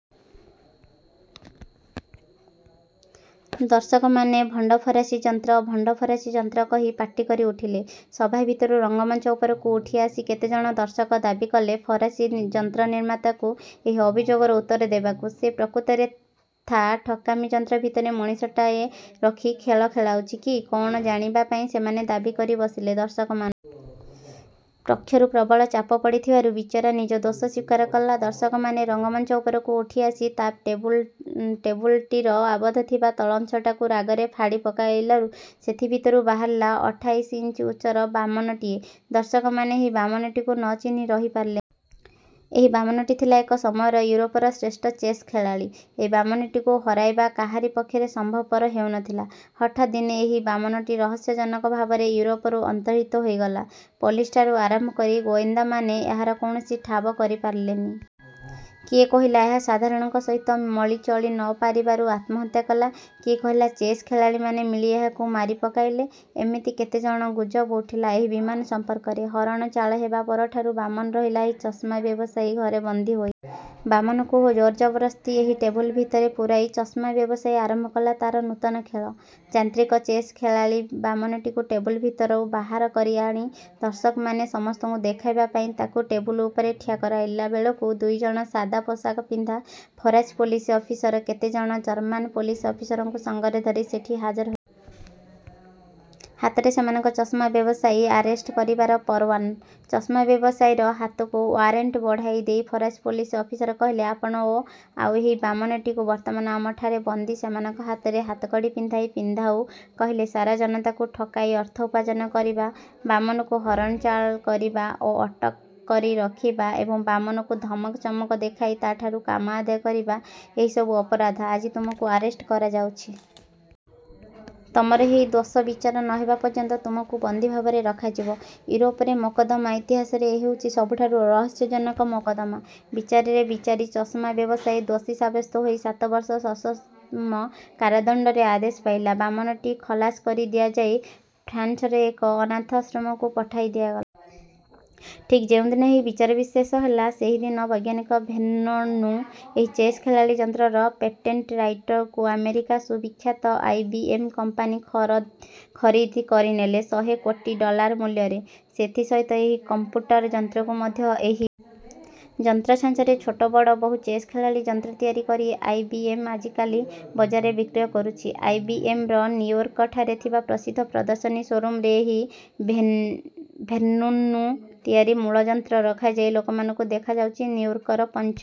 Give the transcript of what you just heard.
ଦର୍ଶକମାନେ ଭଣ୍ଡ ଫରାସୀ ଯନ୍ତ୍ର, ଭଣ୍ଡ ଫରାସୀ ଯନ୍ତ୍ର କହି ପାଟି କରି ଉଠିଲେ। ସଭା ଭିତରୁ ରଙ୍ଗମଞ୍ଚ ଉପରକୁ ଉଠି ଆସି କେତେଜଣ ଦର୍ଶକ ଦାବି କଲେ ଫରାସୀ ଯନ୍ତ୍ରନିର୍ମାତାକୁ ଏହି ଅଭିଯୋଗର ଉତ୍ତର ଦେବାକୁ। ସେ ପ୍ରକୃତରେ ତା ଠକାମି ଯନ୍ତ୍ର ଭିତରେ ମଣିଷଟାଏ ରଖି ଖେଳ ଖେଳାଉଛି କି କଅଣ ଜାଣିବା ପାଇଁ ସେମାନେ ଦାବି କରି ବସିଲେ। ଦର୍ଶକମାନଙ୍କ ପକ୍ଷରୁ ପ୍ରବଳ ଚାପ ପଡ଼ିବାରୁ ବିଚରା ନିଜ ଦୋଷ ସ୍ୱୀକାର କଲା। ଦର୍ଶକମାନେ ରଙ୍ଗମଞ୍ଚ ଉପରକୁ ଉଠି ଆସି ତା ଟେବୁଲ ଟେବୁଲଟିର ଆବଦ୍ଧ ଥିବା ତଳ ଅଂଶଟାକୁ ରାଗରେ ଫାଡ଼ି ପକାଇଲାରୁ ସେଥି ଭିତରୁ ବାହାରିଲା ଅଠାଇଶ ଇଞ୍ଚ ଉଚ୍ଚର ବାମନଟିଏ। ଦର୍ଶକମାନେ ଏହି ବାମନଟିକୁ ନ ଚିହ୍ନି ରହି ପାରିଲେନି। ଏହି ବାମନଟି ଥିଲା ଏକ ସମୟରେ ୟୁରୋପରେ ଶ୍ରେଷ୍ଠ ଚେସ୍ ଖେଳାଳୀ। ଏହି ବାମନଟିକୁ ହରାଇବା କାହାରି ପକ୍ଷରେ ସମ୍ଭବପର ହେଉ ନ ଥିଲା। ହଠାତ୍ ଦିନେ ଏହି ବାମନଟି ରହସ୍ୟଜନକ ଭାବରେ ଇଉରୋପରୁ ଅନ୍ତର୍ହିତ ହୋଇଗଲା। ପୋଲିସଠାରୁ ଆରମ୍ଭକରି ଗୋଇନ୍ଦାମାନେ ଏହାର କୌଣସି ଠାବ କରିପାରିଲେନି। କିଏ କହିଲା, ଏହା ସାଧାରଣଙ୍କ ସହିତ ମିଳି ଚଳି ନ ପାରିବାରୁ ଆତ୍ମହତ୍ୟା କଲା। କିଏ କହିଲା, ଚେସ୍ ଖେଳାଳୀମାନେ ମିଳି ଏହାକୁ ମାରିପକାଇଲେ। ଏମିତି କେତେ କଣ ଗୁଜବ ଉଠିଲା ଏହି ବାମନ ସମ୍ପର୍କରେ। ହରଣଚାଳ ହେବା ପରଠାରୁ ବାମନ ରହିଲା ଏହି ଚଷମା ବ୍ୟବସାୟୀ ଘରେ ବନ୍ଦୀ ହୋଇ। ବାମନକୁ ଜୋର ଜବରଦସ୍ତି ଏହି ଟେବୁଲ ଭିତରେ ପୂରାଇ ଚଷମା ବ୍ୟବସାୟୀ ଆରମ୍ଭ କଲା ତା'ର ନୂତନ ଖେଳ, ଯାନ୍ତ୍ରିକ ଚେସ୍ ଖେଳାଳୀବାମନଟିକୁ ଟେବୁଲ ଭିତରୁ ବାହାର କରି ଆଣି ଦର୍ଶକମାନେ ସମସ୍ତଙ୍କୁ ଦେଖାଇବା ପାଇଁ ତାକୁ ଟେବୁଲ ଉପରେ ଠିଆ କରାଇଲା ବେଳକୁ ଦୁଇଜଣ ସାଦା ପୋଷାକ ପିନ୍ଧା ଫରାସୀ ପୋଲିସ ଅଫିସର କେତେଜଣ ଜର୍ମାନ୍ ପୋଲିସ ଅଫିସରଙ୍କୁ ସଙ୍ଗରେ ଧରି ସେଠି ହାଜର ହୋଇଗଲେ। ହାତରେ ସେମାନଙ୍କ ଚଷମା ବ୍ୟବସାୟୀ ଆରେଷ୍ଟ କରିବାର ପରୱାନ। ଚଷମା ବ୍ୟବସାୟୀର ହାତକୁ ୱାରେଣ୍ଟ ବଢ଼ାଇ ଦେଇ ଫରାସୀ ପୋଲିସ ଅଫିସର କହିଲେ, ଆପଣ ଓ ଆଉ ଏହି ବାମନଟିକୁ ବର୍ତ୍ତମାନ ଆମ ଠାରେ ବନ୍ଦୀ ସେମାନଙ୍କ ହାତରେ ହାତକଡ଼ି ପିନ୍ଧାଇ ପିନ୍ଧାଉ କହିଲେ, ସାରା ଜନତାକୁ ଠକାଇ ଅର୍ଥ ଉପାର୍ଜନ କରିବା, ବାମନକୁ ହରଣଚାଳ କରିବା ଓ ଅଟକ କରି ରଖିବା ଏବଂ ବାମନକୁ ଧମକ ଚମକ ଦେଖାଇ ତା'ଠାରୁ କାମ ଆଦାୟ କରିବା ଏହି ସବୁ ଅପରାଧ ଆଜି ତୁମକୁ ଆରେଷ୍ଟ କରାଯାଉଛି। ତମର ଏହି ଦୋଷବିଚାର ନ ହେବା ପର୍ଯ୍ୟନ୍ତ ତୁମକୁ ବନ୍ଦୀଭାବରେ ରଖାଯିବ। ଇଉରୋପରେ ମୋକଦ୍ଦମା ଇତିହାସରେ ଏ ହେଉଛି ସବୁଠାରୁ ରହସ୍ୟଜନକ ମୋକଦ୍ଦମା। ବିଚାରିରେ ବିଚାରି ଚଷମା ବ୍ୟବସାୟୀ ଦୋଷୀ ସାବ୍ୟସ୍ତ ହୋଇ ସାତ ବର୍ଷ ସଶମ କାରାଦଣ୍ଡର ଆଦେଶ ପାଇଲା। ବାମନଟି ଖଲାସ କରି ଦିଆଯାଇ ଫ୍ରାନ୍ସର ଏକ ଅନାଥାଶ୍ରମକୁ ପଠାଇ ଦିଆଗଲା। ଠିକ୍ ଯେଉଁ ଦିନ ଏହି ବିଚାରବି ଶେଷ ହେଲା, ସେହି ଦିନ ବୈଜ୍ଞାନିକ ଭେର୍ନନ୍ଙ୍କ ଏହି ଚେସ୍ ଖେଳାଳୀ ଯନ୍ତ୍ରର ପେଟେଣ୍ଟ ରାଇଟରକୁ ଆମେରିକା ସୁବିଖ୍ୟାତ ଆଇ. ବି. ଏମ୍. କମ୍ପାନୀ ଖରଦ ଖରିଦ କରିନେଲେ ଶହେ କୋଟି ଡଲାର ମୂଲ୍ୟରେ, ସେଥି ସହିତ ଏହି କଂପ୍ୟୁଟର ଯନ୍ତ୍ରକୁ ମଧ୍ୟ। ଏହି--. ଯନ୍ତ୍ର ଛାଞ୍ଚରେ ଛୋଟ ବଡ଼ ବହୁ ଚେସ୍ ଖେଳାଳୀ ଯନ୍ତ୍ର ତିଆରି କରି ଆଇ. ବି. ଏମ୍. ଆଜିକାଲି ବଜାରରେ ବିକ୍ରୟ କରୁଛି। ଆଇ. ବି. ଏମ୍.ର ନିଉୟର୍କ ଠାରେ ଥିବା ପ୍ରସିଦ୍ଧ ପ୍ରଦର୍ଶନୀ ଶୋ'ରୁମରେ ଏହି ଭେର୍ନନ୍ଙ୍କ ତିଆରି ମୂଳ ଯନ୍ତ୍ର ରଖାଯାଇ ଲୋକମାନଙ୍କୁ ଦେଖାଯାଉଛି। ନିଉୟର୍କର ପଞ୍ଚମ